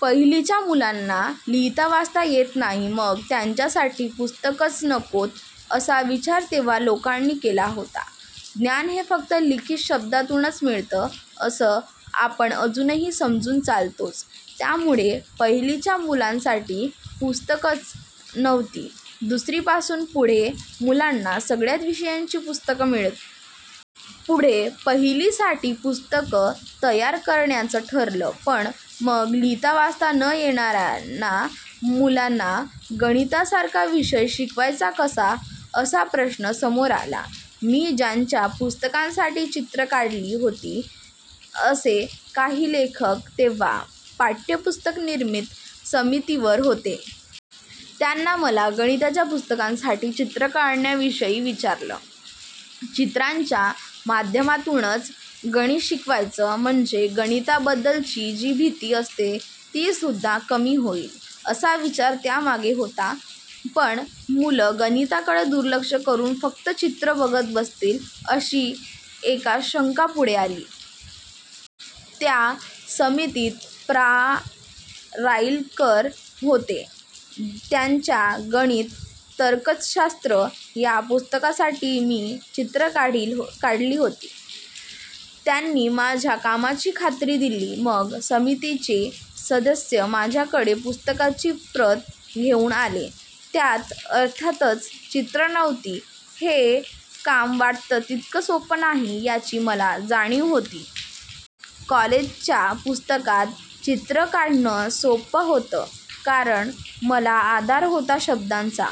पहिलीच्या मुलांना लिहितावाचता येत नाही, मग त्यांच्यासाठी पुस्तकंच नकोत, असा विचार तेव्हा लोकांनी केला होता. ज्ञान हे फक्त लिखित शब्दांतूनच मिळतं, असं आपण अजूनही समजून चालतोच. त्यामुळे पहिलीच्या मुलांसाठी पुस्तकंच नव्हती. दुसरीपासून पुढे मुलांना सगळ्या विषयांची पुस्तकं मिळत. पुढे पहिलीसाठीही पुस्तकं तयार करण्याचं ठरलं, पण मग लिहितावाचता न येणार्या मुलांना गणितासारखा विषय शिकवायचा कसा, असा प्रश्न समोर आला. मी ज्यांच्या पुस्तकांसाठी चित्रं काढली होती, असे काही लेखक तेव्हा पाठ्यपुस्तक निर्मिती समितीवर होते. त्यांनी मला गणिताच्या पुस्तकांसाठी चित्रं काढण्याविषयी विचारलं. चित्रांच्या माध्यमातूनच गणित शिकवायचं, म्हणजे गणिताबद्दलची जी भीती असते, तीसुद्धा कमी होईल, असा विचार त्या मागे होता. पण मुलं गणिताकडे दुर्लक्ष करून फक्त चित्रं बघत बसतील, अशी एक शंका पुढे आली. त्या समितीत प्रा. राईलकर होते. त्यांच्या 'गणिती तर्कशास्त्र' या पुस्तकासाठी मी चित्रं काढली होती. त्यांनी माझ्या कामाची खात्री दिली. मग समितीचे सदस्य माझ्याकडे पुस्तकाची प्रत घेऊन आले. त्यात अर्थातच चित्रं नव्हती. हे काम वाटतं तितकं सोपं नाही, याची मला जाणीव होती. कॉलेजच्या पुस्तकात चित्रं काढणं सोपं होतं, कारण मला आधार होता शब्दांचा.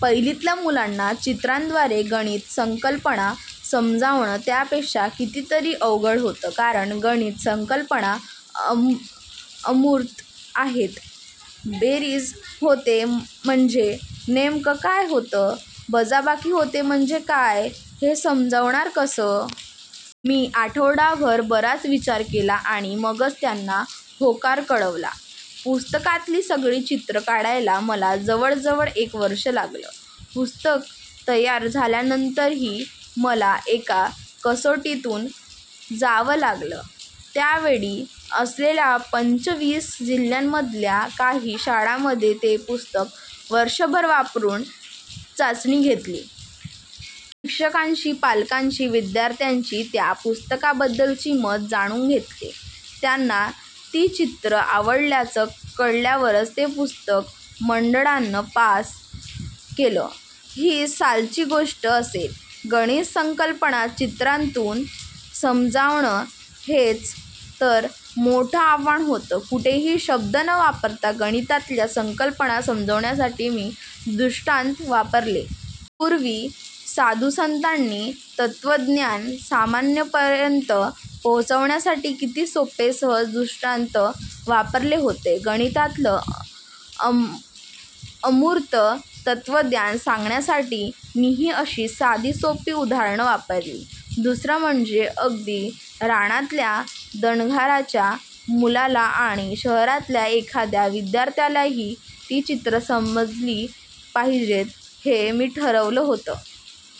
पहिलीतल्या मुलांना चित्रांद्वारे गणिती संकल्पना समजावणं त्यापेक्षा कितीतरी अवघड होतं. कारण गणिती संकल्पना अमूर्त आहेत. बेरीज होते म्हणजे नेमकं काय होतं, वजाबाकी होते म्हणजे काय, हे समजवणार कसं? मी आठवडाभर बराच विचार केला, आणि मगच त्यांना होकार कळवला. पुस्तकातली सगळी चित्रं काढायला मला जवळजवळ एक वर्षं लागलं. पुस्तक तयार झाल्यानंतरही मला एका कसोटीतून जावं लागलं. त्या वेळी असलेल्या पंचवीस जिल्ह्यांमधल्या काही शाळांमध्ये ते पुस्तक वर्षभर वापरून चाचणी घेतली. शिक्षकांची, पालकांची, विद्यार्थ्यांची त्या पुस्तकाबद्दलची मतं जाणून घेतली. त्यांना ती चित्रं आवडल्याचं कळल्यावरच ते पुस्तक मंडळानं पास केलं. ही सालची गोष्ट असेल. गणिती संकल्पना चित्रांतून समजावणं, हेच तर मोठं आव्हान होतं. कुठेही शब्द न वापरता गणितातल्या संकल्पना समजावण्यासाठी मी दृष्टांत वापरले. पूर्वी साधुसंतांनी तत्त्वज्ञान सामान्यांपर्यंत पोहोचवण्यासाठी किती सोपे, सहज दृष्टांत वापरले होते. गणितातलं अमूर्त तत्त्वज्ञान सांगण्यासाठी मीही अशीच साधीसोपी उदाहरणं वापरली. दुसरं म्हणजे अगदी रानातल्या धनगराच्या मुलाला आणि शहरातल्या एखाद्या विद्यार्थ्यालाही ती चित्रं समजली पाहिजेत, हे मी ठरवलं होतं.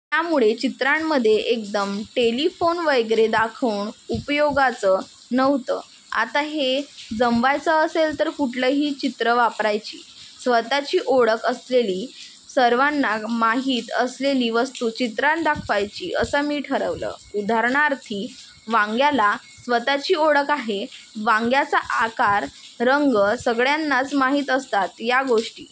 त्यामुळे चित्रांमध्ये एकदम टेलिफोन वगैरे दाखवून उपयोगाचं नव्हतं. आता हे जमवायचं असेल तर कुठली चित्रं वापरायची? स्वत:ची ओळख असलेली, सर्वांना माहीत असलेली वस्तू चित्रांत दाखवायची, असं मी ठरवलं. उदाहरणार्थ, वांग्याला स्वत:ची ओळख आहे. वांग्याचा आकार, रंग सगळ्यांनाच माहीत असतात. या गोष्टी